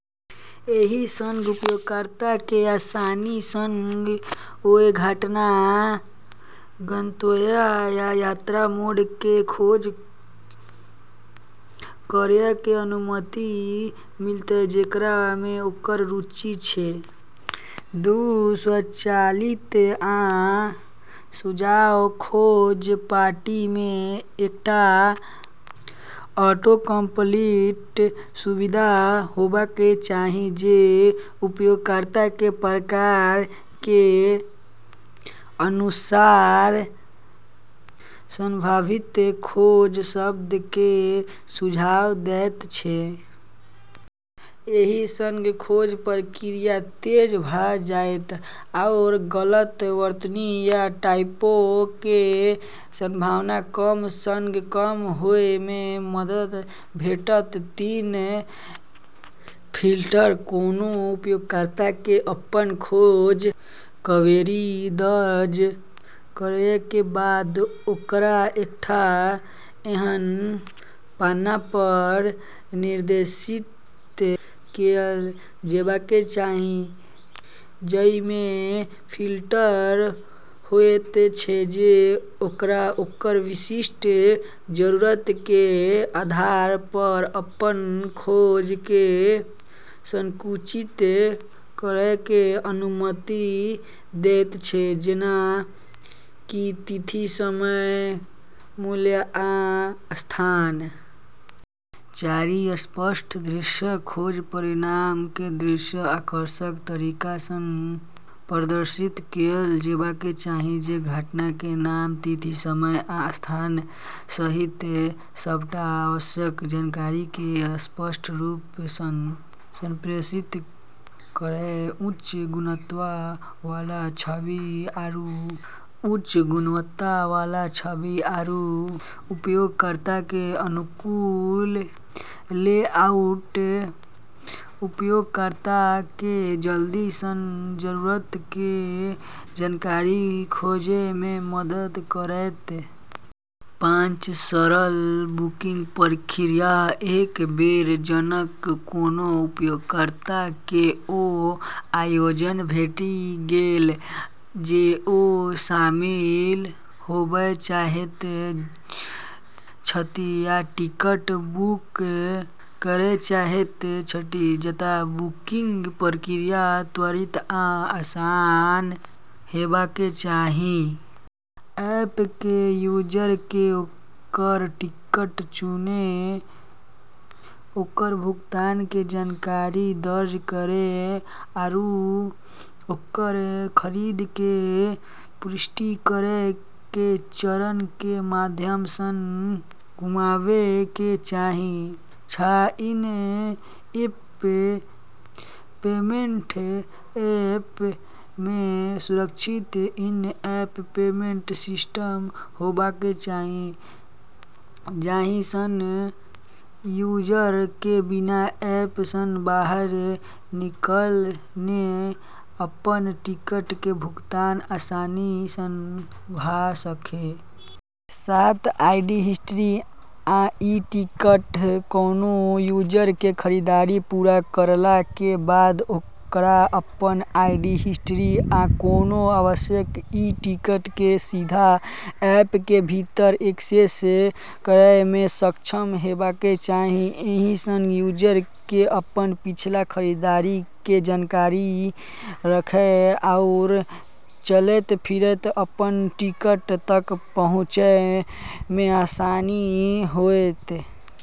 एहिसँ उपयोगकर्ता केँ आसानी सँ ओय घटना, गंतव्य, या यात्रा मोड केँ खोज करय के अनुमति मिलतय, जेकरा मे ओकर रुचि छै। दू. स्वचालित आ सुझाव: खोज पट्टी मे एकटा ऑटोकम्पलीट सुविधा होबाक चाही जे उपयोगकर्ता के प्रकार के अनुसार संभावित खोज शब्द के सुझाव दैत छै। एहि सँ खोज प्रक्रिया तेज भऽ जाएत आओर गलत वर्तनी या टाइपो के संभावना कम सँ कम होए मे मदद भेटत। तीन. फिल्टर: कोनो उपयोगकर्ता के अपन खोज क्वेरी दर्ज करय के बाद ओकरा एकटा एहन पन्ना पर निर्देशित कएल जेबाक चाही जइ मे फिल्टर होयत छै जे ओकरा ओकर विशिष्ट जरूरत के आधार पर अपन खोज के संकुचित करय के अनुमति देयत छै, जेना कि तिथि, समय, मूल्य, आ स्थान। चारि. स्पष्ट दृश्य: खोज परिणाम के दृश्य आकर्षक तरीका सँ प्रदर्शित कएल जेबाक चाही जे घटना के नाम, तिथि, समय, आ स्थान सहित सबटा आवश्यक जानकारी के स्पष्ट रूप सँ संप्रेषित करय। उच्च गुणवत्ता वाला छवि आरू उपयोगकर्ता के अनुकूल लेआउट उपयोगकर्ता केँ जल्दी सँ जरूरत के जानकारी खोजै मे मदद करतै। पाँच. सरल बुकिंग प्रक्रिया: एक बेर जखन कोनो उपयोगकर्ता के ओ आयोजन भेटि गेल जे ओ शामिल होबय चाहैत छथि या टिकट बुक करय चाहैत छथि तऽ बुकिंग प्रक्रिया त्वरित आ आसान हेबाक चाही। ऐप केँ यूजर्स के ओकर टिकट चुनै, ओकर भुगतान के जानकारी दर्ज करै, आरू ओकर खरीद के पुष्टि करै के चरण के माध्यम सँ घुमाबै के चाही। छः. इन-एप पेमेंट: ऐप मे सुरक्षित इन-एप पेमेंट सिस्टम होबाक चाही जाहि सँ यूजर के बिना ऐप सँ बाहर निकलने अपन टिकट के भुगतान आसानी सँ भऽ सकै। सात. ऑर्डर हिस्ट्री आ ई-टिकट: कोनो यूजर के खरीदारी पूरा करला के बाद ओकरा अपन ऑर्डर हिस्ट्री आ कोनो आवश्यक ई-टिकट के सीधा ऐप के भीतर एक्सेस करय मे सक्षम हेबाक चाही। एहि सँ यूजर के अपन पिछला खरीदारी के जानकारी राखय आओर चलैत-फिरैत अपन टिकट तक पहुँचय मे आसानी होएत।